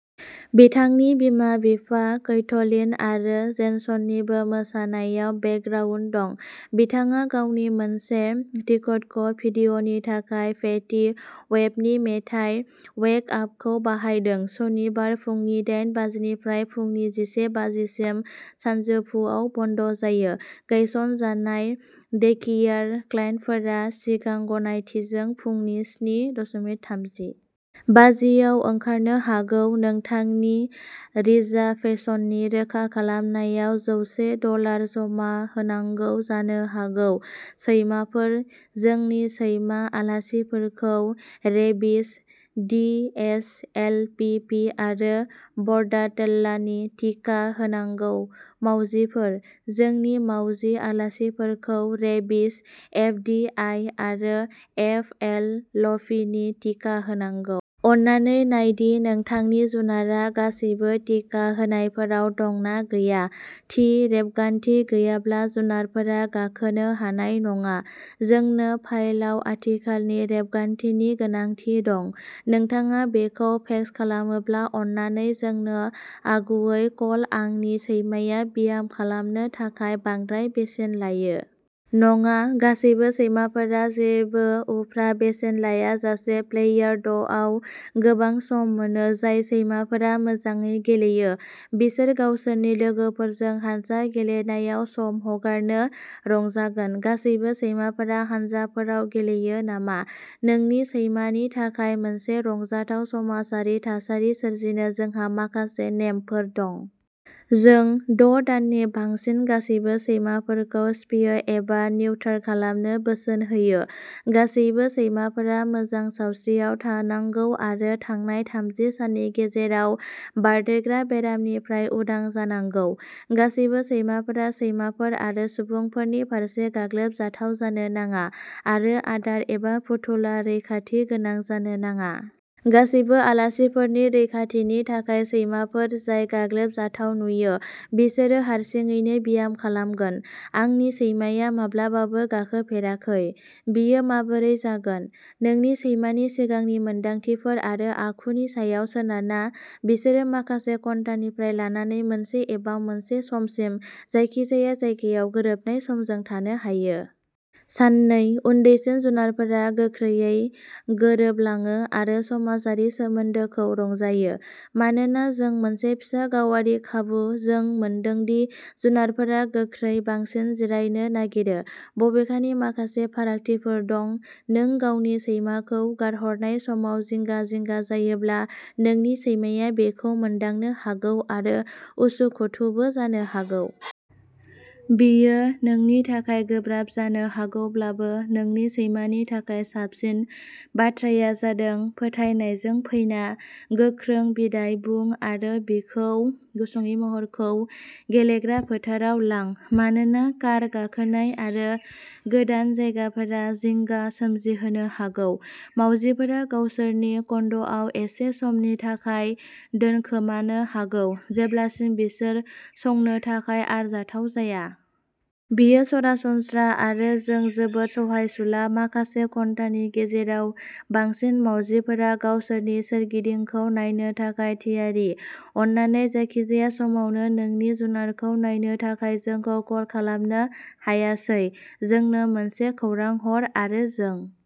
बिथांनि बिमा-बिफा, कैथलीन आरो जेसननिबो मोसानायाव बेकग्राउन्ड दं। बिथाङा गावनि मोनसे टिकट'क भिडिय'नि थाखाय फेटी वेपनि मेथाइ "वेक आप" खौ बाहायदों। सनिबारः फुंनि डाइन बाजिनिफ्राय फुंनि जिसे बाजि सिम सानजौफुआव बन्द जायो। गायसनजानाय डेकेयार क्लाइन्टफोरा सिगां गनायथिजों फुंनि स्नि दसमिक थामजि बाजिआव ओंखारनो हागौ। नोंथांनि रिजार्भेशननि रोखा खालामनायाव जौसे डलार जमा होनांगौ जानो हागौ। सैमाफोरः जोंनि सैमा आलासिफोरखौ रेबिस, डिएइचएलपिपि आरो बर्डाटेल्ला नि टिका होनांगौ। मावजिफोरः जोंनि मावजि आलासिफोरखौ रेबिस, एफडिआइ, आरो एफइएलभि नि टिका होनांगौ। अन्नानै नाय दि नोंथांनि जुनारआ गासिबो टिका होनायफोराव दं ना गैया। थि रेबगान्थि गैयाब्ला जुनारफोरा गाखोनो हानाय नङा। जोंनो फाइलाव आथिखालनि रेबगान्थिनि गोनांथि दं। नोंथाङा बेखौ फेक्स खालामोब्ला, अन्नानै जोंनो आगुयै कल आंनि सैमाया ब्याम खालामनो थाखाय बांद्राय बेसेन लायो? नङा। गासैबो सैमाफोरा जेबो उफ्रा बेसेन लायाजासे प्ले यार्डआव गोबां सम मोनो। जाय सैमाफोरा मोजाङै गेलेयो, बिसोर गावसोरनि लोगोफोरजों हानजा गेलेनायाव सम हगारनो रंजागोन। गासैबो सैमाफोरा हानजाफोराव गेलेयो नामा? नोंनि सैमानि थाखाय मोनसे रंजाथाव, समाजारि थासारि सोरजिनो, जोंहा माखासे नेमफोर दं। जों द' दाननि बांसिन गासैबो सैमाफोरखौ स्पेय एबा निउटार खालामनो बोसोन होयो। गासिबो सैमाफोरा मोजां सावस्रियाव थानांगौ आरो थांनाय थामजि साननि गेजेराव बारदेरग्रा बेरामनिफ्राय उदां जानांगौ। गासिबो सैमाफोरा सैमाफोर आरो सुबुंफोरनि फारसे गाग्लोबजाथाव जानो नाङा आरो आदार एबा फुथुला रैखाथि गोनां जानो नाङा। गासिबो आलासिफोरनि रैखाथिनि थाखाय, सैमाफोर जाय गाग्लोबजाथाव नुयो, बिसोरो हारसिङैनो ब्याम खालामगोन। आंनि सैमाया माब्लाबाबो गाखोफेराखै। बियो माबोरै जागोन? नोंनि सैमानि सिगांनि मोनदांथिफोर आरो आखुनि सायाव सोनारना, बिसोरो माखासे घन्टानिफ्राय लानानै मोनसे एबा मोनसे समसिम जायखिजाया जायगायाव गोरोबनाय समजों थांनो हायो। साननै। उन्दैसिन जुनारफोरा गोख्रैयै गोरोबलाङो आरो समाजारि सोमोन्दोखौ रंजायो। मानोना जों मोनसे फिसा, गावारि खाबु, जों मोनदों दि जुनारफोरा गोख्रै बांसिन जिरायनो नागिरो, बबेखानि माखासे फारागथिफोर दं। नों गावनि सैमाखौ गारहरनाय समाव जिंगा-जिंगा जायोब्ला, नोंनि सैमाया बेखौ मोनदांनो हागौ आरो उसुखुथुबो जानो हागौ। बेयो नोंनि थाखाय गोब्राब जानो हागौब्लाबो, नोंनि सैमानि थाखाय साबसिन बाथ्राया जादों फोथायनायजों फैना, गोख्रै बिदाइ बुं, आरो बिखौ इ महरखौ गेलेग्रा फोथाराव लां। मानोना कार गाखोनाय आरो गोदान जायगाफोरा जिंगा सोमजिहोनो हागौ, मावजिफोरा गावसोरनि कन्ड'आव एसे समनि थाखाय दोनखोमानो हागौ जेब्लासिम बिसोर संनो थाखाय आरजाथाव जाया। बेयो सरासनस्रा आरो जों जोबोद सहायसुला। माखासे घन्टानि गेजेराव, बांसिन मावजिफोरा गावसोरनि सोरगिदिंखौ नायनो थाखाय थियारि। अन्नानै जायखिजाया समावनो नोंनि जुनारखौ नायनो थाखाय जोंखौ कल खालामनो हायासै। जोंनो मोनसे खौरां हर आरो जों